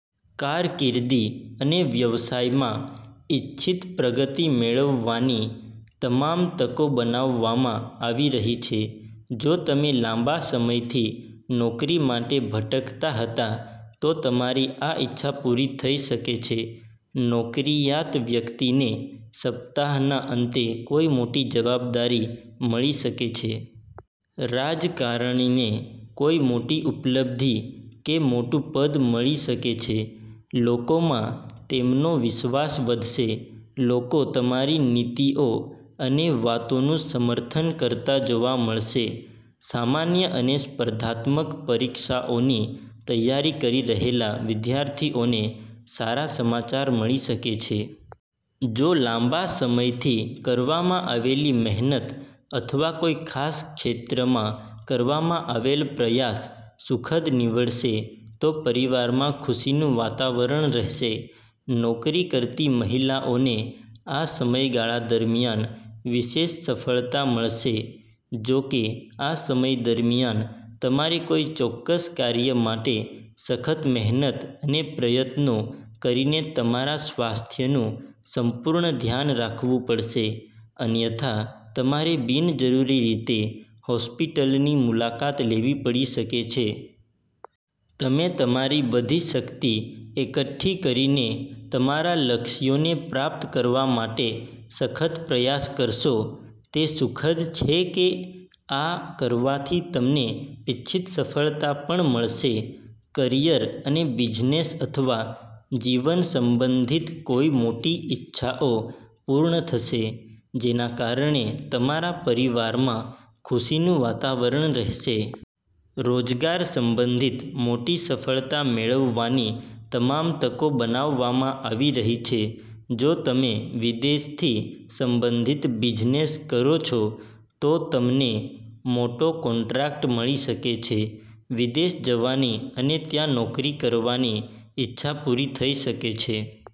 કારકિર્દી અને વ્યવસાયમાં ઇચ્છિત પ્રગતિ મેળવવાની તમામ તકો બનાવવામાં આવી રહી છે. જો તમે લાંબા સમયથી નોકરી માટે ભટકતા હતા, તો તમારી આ ઈચ્છા પૂરી થઈ શકે છે. નોકરીયાત વ્યક્તિને સપ્તાહના અંતે કોઈ મોટી જવાબદારી મળી શકે છે. રાજકારણીને કોઈ મોટી ઉપલબ્ધિ કે મોટું પદ મળી શકે છે. લોકોમાં તેમનો વિશ્વાસ વધશે. લોકો તમારી નીતિઓ અને વાતોનું સમર્થન કરતા જોવા મળશે. સામાન્ય અને સ્પર્ધાત્મક પરીક્ષાઓની તૈયારી કરી રહેલા વિદ્યાર્થીઓને સારા સમાચાર મળી શકે છે. જો લાંબા સમયથી કરવામાં આવેલી મહેનત અથવા કોઈ ખાસ ક્ષેત્રમાં કરવામાં આવેલ પ્રયાસ સુખદ નીવડશે તો પરિવારમાં ખુશીનું વાતાવરણ રહેશે. નોકરી કરતી મહિલાઓને આ સમયગાળા દરમિયાન વિશેષ સફળતા મળશે. જો કે, આ સમય દરમિયાન તમારે કોઈ ચોક્કસ કાર્ય માટે સખત મહેનત અને પ્રયત્નો કરીને તમારા સ્વાસ્થ્યનું સંપૂર્ણ ધ્યાન રાખવું પડશે, અન્યથા તમારે બિનજરૂરી રીતે હોસ્પિટલની મુલાકાત લેવી પડી શકે છે. તમે તમારી બધી શક્તિ એકઠી કરીને તમારા લક્ષ્યોને પ્રાપ્ત કરવા માટે સખત પ્રયાસ કરશો. તે સુખદ છે કે આ કરવાથી તમને ઇચ્છિત સફળતા પણ મળશે. કરિયર અને બિઝનેસ અથવા જીવન સંબંધિત કોઈ મોટી ઈચ્છાઓ પૂર્ણ થશે, જેના કારણે તમારા પરિવારમાં ખુશીનું વાતાવરણ રહેશે. રોજગાર સંબંધિત મોટી સફળતા મેળવવાની તમામ તકો બનાવવામાં આવી રહી છે. જો તમે વિદેશથી સંબંધિત બિઝનેસ કરો છો, તો તમને મોટો કોન્ટ્રાક્ટ મળી શકે છે. વિદેશ જવાની અને ત્યાં નોકરી કરવાની ઈચ્છા પૂરી થઈ શકે છે.